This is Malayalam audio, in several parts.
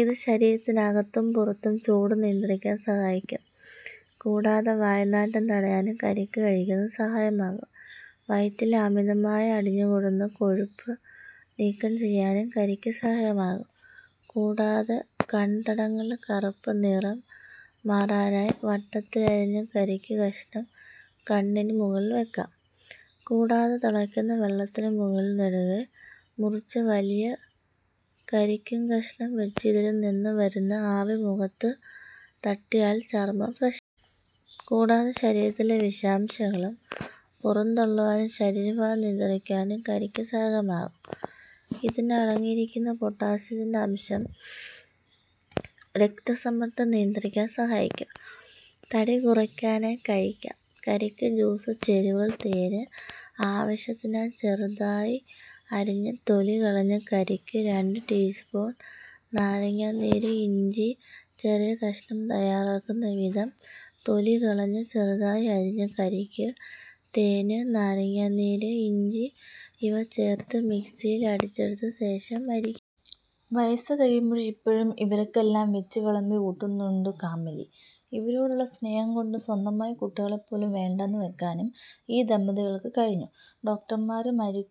ഇത് ശരീരത്തിനകത്തും പുറത്തും ചൂട് നിയന്ത്രിക്കാന് സഹായിക്കും. കൂടാതെ വായനാറ്റം തടയാനും കരിക്ക് കഴിക്കുന്നത് സഹായകമാകും. വയറ്റില് അമിതമായി അടിഞ്ഞു കൂടുന്ന കൊഴുപ്പ് നീക്കം ചെയ്യാനും കരിക്ക് സഹായകമാകും. കൂടാതെ കണ്തടങ്ങളിലെ കറുപ്പ് നിറം മാറാനായി വട്ടത്തിലരിഞ്ഞ കരിക്ക് കഷ്ണം കണ്ണിന് മുകളില് വെക്കാം. കൂടാതെ തിളയ്ക്കുന്ന വെള്ളത്തിന് മുകളില് നെടുകെ മുറിച്ച വലിയ കരിക്കിൻ കഷ്ണം വെച്ച് ഇതില് നിന്ന് വരുന്ന ആവി മുഖത്ത് തട്ടിയാല് ചര്മ്മം ഫ്രഷ് കൂടാതെ ശരീരത്തിലെ വിഷാംശങ്ങള് പുറന്തളളുവാനും ശരീരഭാരം നിയന്ത്രിക്കുവാനും കക്കിരക്ക സഹായകമാകും. ഇതിലടങ്ങിയിരിക്കുന്ന പൊട്ടാസ്യത്തിന്റെ അംശം രക്തസമ്മര്ദ്ദം നിയന്ത്രിക്കാന് സഹായിക്കും. തടികുറയ്ക്കാനായി കഴിക്കാം കക്കിരിക്ക ജ്യൂസ് ചേരുവകള് തേന് ആവശ്യത്തിന് ചെറുതായി അരിഞ്ഞ തൊലി കളഞ്ഞ കക്കിരിക്ക രണ്ട് ടീസ്പൂണ് നാരങ്ങനീര് ഇഞ്ചി ചെറിയ കഷ്ണം തയ്യാറാക്കുന്ന വിധം തൊലി കളഞ്ഞ് ചെറുതായി അരിഞ്ഞ കക്കിരക്ക, തേന്, നാരങ്ങനീര്, ഇഞ്ചി ഇവ ചേര്ത്ത് മിക്സിയില് അടിച്ചെടുത്ത ശേഷം അരിക്കുക. വയസ് കഴിയുമ്പോഴും ഇപ്പോഴും ഇവര്ക്കെല്ലാം വെച്ചുവിളമ്പി ഊട്ടുന്നുണ്ട് കാമിലി. ഇവരോടുള്ള സ്നേഹം കൊണ്ട് സ്വന്തമായി കുട്ടികളെ പോലും വേണ്ടന്ന് വെക്കാനും ഈ ദമ്പതികള്ക്ക് കഴിഞ്ഞു. ഡോക്ടര്മാര് മരി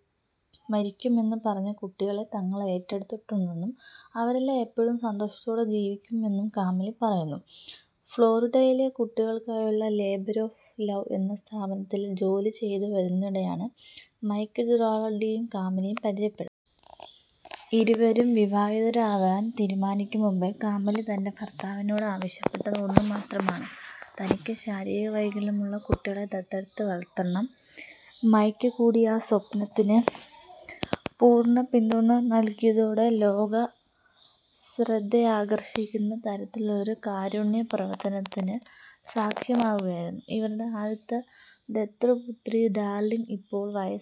മരിക്കുമെന്ന് പറഞ്ഞ കുട്ടികളെ തങ്ങള് ഏറ്റെടുത്തിട്ടുണ്ടെന്നും അവരെല്ലാം ഇപ്പോഴും സന്തോഷത്തോടെ ജീവിക്കുന്നുവെന്നും കാമിലി പറയുന്നു. ഫ്ളോറിഡയില് കുട്ടികള്ക്കായുള്ള ലേബര് ഓഫ് ലൗ എന്ന സ്ഥാപനത്തില് ജോലി ചെയ്ത് വരുന്നതിനിടെയാണ് മൈക്ക് ജെറാള്ഡിയും കാമിലിയും പരിചയപ്പെടു ഇരുവരും വിവാഹിതരാവാന് തീരുമാനിക്കും മുമ്പ് കാമിലി തന്റെ ഭര്ത്താവിനോട് ആവശ്യപ്പെട്ടത് ഒന്നുമാത്രമാണ്. തനിക്ക് ശാരീരിക വൈകല്യമുള്ള കുട്ടികളെ ദത്തെടുത്ത് വളര്ത്തണം. മൈക്ക് കൂടി ആ സ്വപ്നത്തിന് പൂര്ണ പിന്തുണ നല്കിയതോടെ ലോക ശ്രദ്ധയാകര്ഷിക്കുന്ന തരത്തിലുള്ള ഒരു കാരുണ്യ പ്രവര്ത്തനത്തിന് സാക്ഷ്യമാവുകയായിരുന്നു. ഇവരുടെ ആദ്യത്തെ ദത്തുപുത്രി ഡാര്ലിന് ഇപ്പോള് വയസായി.